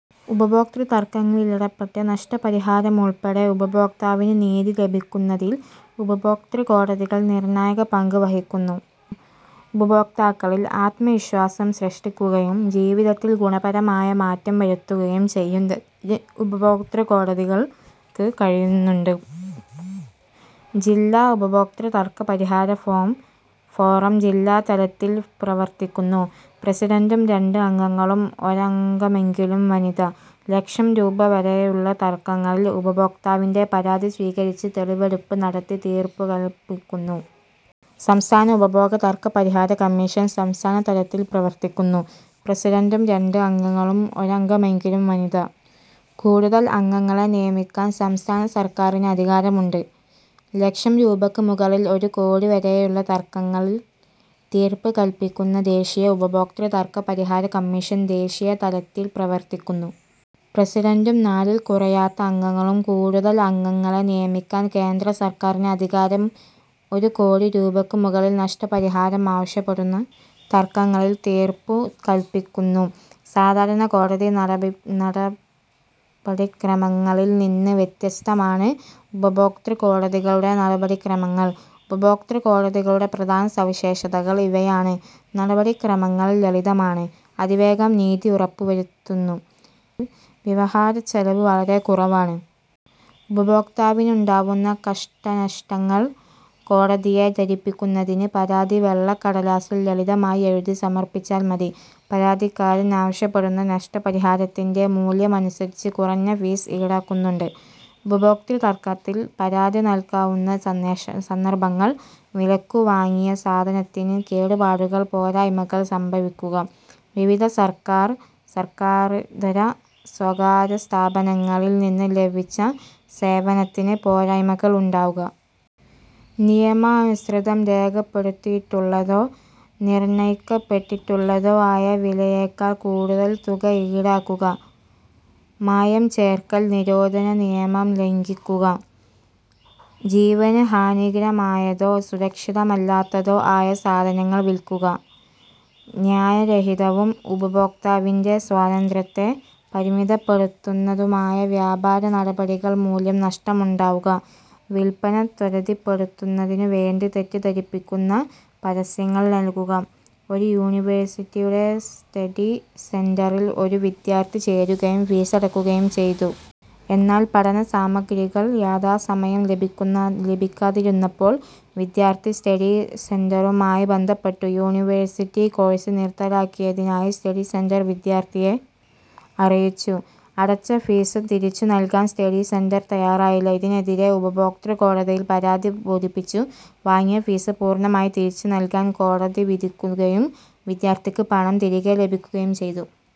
ഉപഭോക്തൃ തർക്കങ്ങളിലിടപെട്ട് നഷ്ടപരിഹാരമുൾപ്പെടെ ഉപഭോക്താവിന് നീതി ലഭ്യമാക്കുന്നതിൽ ഉപഭോക്തൃകോടതികൾ നിർണായക പങ്ക് വഹിക്കുന്നു. ഉപഭോക്താക്കളിൽ ആത്മവിശ്വാസം സൃഷ്ടിക്കുകയും ജീവിതത്തിൽ ഗുണപരമായ മാറ്റം വരുത്തുകയും ചെയ്യുന്നതിന് ഉപഭോക്തൃകോടതികൾക്ക് കഴിയുന്നുണ്ട്. ജില്ലാ ഉപഭോക്തൃ തർക്ക പരിഹാര ഫോറം ജില്ലാതലത്തിൽ പ്രവർത്തിക്കുന്നു. പ്രസിഡന്റും രണ്ട് അംഗങ്ങളും. ഒരംഗമെങ്കിലും വനിത. ലക്ഷം രൂപ വരെയുള്ള തർക്കങ്ങളിൽ ഉപഭോക്താവിന്റെ പരാതി സ്വീകരിച്ച് തെളിവെടുപ്പ് നടത്തി തീർപ്പുകൽപ്പിക്കുന്നു. സംസ്ഥാന ഉപഭോക തർക്കപരിഹാര കമ്മീഷൻ- സംസ്ഥാനതലത്തിൽ പ്രവർത്തിക്കുന്നു. പ്രസിഡന്റും രണ്ട് അംഗങ്ങളും. ഒരംഗമെങ്കിലും വനിത. കൂടുതൽ അംഗങ്ങളെ നിയമിക്കാൻ സംസ്ഥാന സർക്കാരിന് അധികാരമുണ്ട്. ലക്ഷം രൂപയ്ക്ക് മുകളിൽ ഒരു കോടി വരെയുള്ള തർക്കങ്ങളിൽ തീർപ്പ് കൽപ്പിക്കുന്നു. ദേശീയ ഉപഭോക്തൃ തർക്ക പരിഹാര കമ്മീഷൻ- ദേശീയതലത്തിൽ പ്രവർത്തിക്കുന്നു. പ്രസിഡന്റും നാലിൽ കുറയാത്ത അംഗങ്ങളും. കൂടുതൽ അംഗങ്ങളെ നിയമിക്കാൻ കേന്ദ്രസർക്കാരിന് അധികാരം. ഒരു കോടി രൂപയ്ക്കുമുകളിൽ നഷ്ടപരിഹാരം ആവശ്യപ്പെടുന്ന തർക്കങ്ങളിൽ തീർപ്പു കൽപ്പിക്കുന്നു. സാധാരണ കോടതി നടപടിക്രമങ്ങളിൽനിന്ന് വ്യത്യസ്തമാണ് ഉപഭോക്തൃകോടതികളുടെ നടപടിക്രമങ്ങൾ. ഉപഭോക്തൃകോടതികളുടെ പ്രധാന സവിശേഷതകൾ ഇവയാണ്: നടപടിക്രമങ്ങൾ ലളിതമാണ്. അതിവേഗം നീതി ഉറപ്പുവരുത്തുന്നു. വ്യവഹാരച്ചെലവ് വളരെ കുറവാണ്. ഉപഭോക്താവിനുണ്ടാവുന്ന കഷ്ടനഷ്ടങ്ങൾ കോടതിയെ ധരിപ്പിക്കുന്നതിന് പരാതി വെള്ളക്കടലാസിൽ ലളിതമായി എഴുതി സമർപ്പിച്ചാൽ മതി. പരാതിക്കാരൻ ആവശ്യപ്പെടുന്ന നഷ്ടപരിഹാരത്തിന്റെ മൂല്യമനുസരിച്ച് കുറഞ്ഞ ഫീസ് ഈടാക്കുന്നുണ്ട്. ഉപഭോക്തൃതർക്കത്തിൽ പരാതി നൽകാവുന്ന സന്ദർഭങ്ങൾ: വിലയ്ക്കു വാങ്ങിയ സാധനത്തിന് കേടുപാടുകൾ പോരായ്മകൾ സംഭവിക്കുക. വിവിധ സർക്കാർ സർക്കാരിതര/സ്വകാര്യസ്ഥാപനങ്ങളിൽ നിന്ന് ലഭിച്ച സേവനത്തിന് പോരായ്മകൾ ഉണ്ടാവുക. നിയമാനുസൃതം രേഖപ്പെടുത്തിയിട്ടുള്ളതോ നിർണയിക്കപ്പെട്ടിട്ടുള്ളതോ ആയ വിലയേക്കാൾ കൂടുതൽ തുക ഈടാക്കുക. മായം ചേർക്കൽ നിരോധനനിയമം ലംഘിക്കുക. ജീവന് ഹാനികരമായതോ സുരക്ഷിതമല്ലാത്തതോ ആയ സാധനങ്ങൾ വിൽക്കുക. ന്യായരഹിതവും ഉപഭോക്താവിന്റെ സ്വാതന്ത്ര്യത്തെ പരിമിതപ്പെടുത്തുന്നതുമായ വ്യാപാര നടപടികൾ മൂലം നഷ്ടമുണ്ടാവുക. വിൽപ്പന ത്വരിതപ്പെടുന്നതിനു വേണ്ടി തെറ്റിദ്ധരിപ്പിക്കുന്ന പരസ്യങ്ങൾ നൽകുക. ഒരു യൂണിവേഴ്സിറ്റിയുടെ സ്റ്റഡി സെന്ററിൽ ഒരു വിദ്യാർഥി ചേരുകയും ഫീസടയ്ക്കുകയും ചെയ്തു. എന്നാൽ പഠനസാമഗ്രികൾ യഥാസമയം ലഭിക്കാതിരുന്നപ്പോൾ വിദ്യാർഥി സ്റ്റഡി സെന്ററുമായി ബന്ധപ്പെട്ടു. യൂണി വേഴ്സിറ്റി കോഴ്സ് നിർത്തലാക്കിയതായി സ്റ്റഡിസെന്റർ വിദ്യാർഥിയെ അറിയിച്ചു. അടച്ച ഫീസ് തിരിച്ചു നൽകാൻ സ്റ്റഡിസെന്റർ തയാറായില്ല. ഇതിനെതിരെ ഉപഭോക്തൃകോടതിയിൽ പരാതി ബോധിപ്പിച്ചു. വാങ്ങിയ ഫീസ് പൂർണമായി തിരിച്ചുനൽകാൻ കോടതി വിധിക്കുകയും വിദ്യാർഥിക്ക് പണം തിരികെ ലഭിക്കുകയും ചെയ്തു.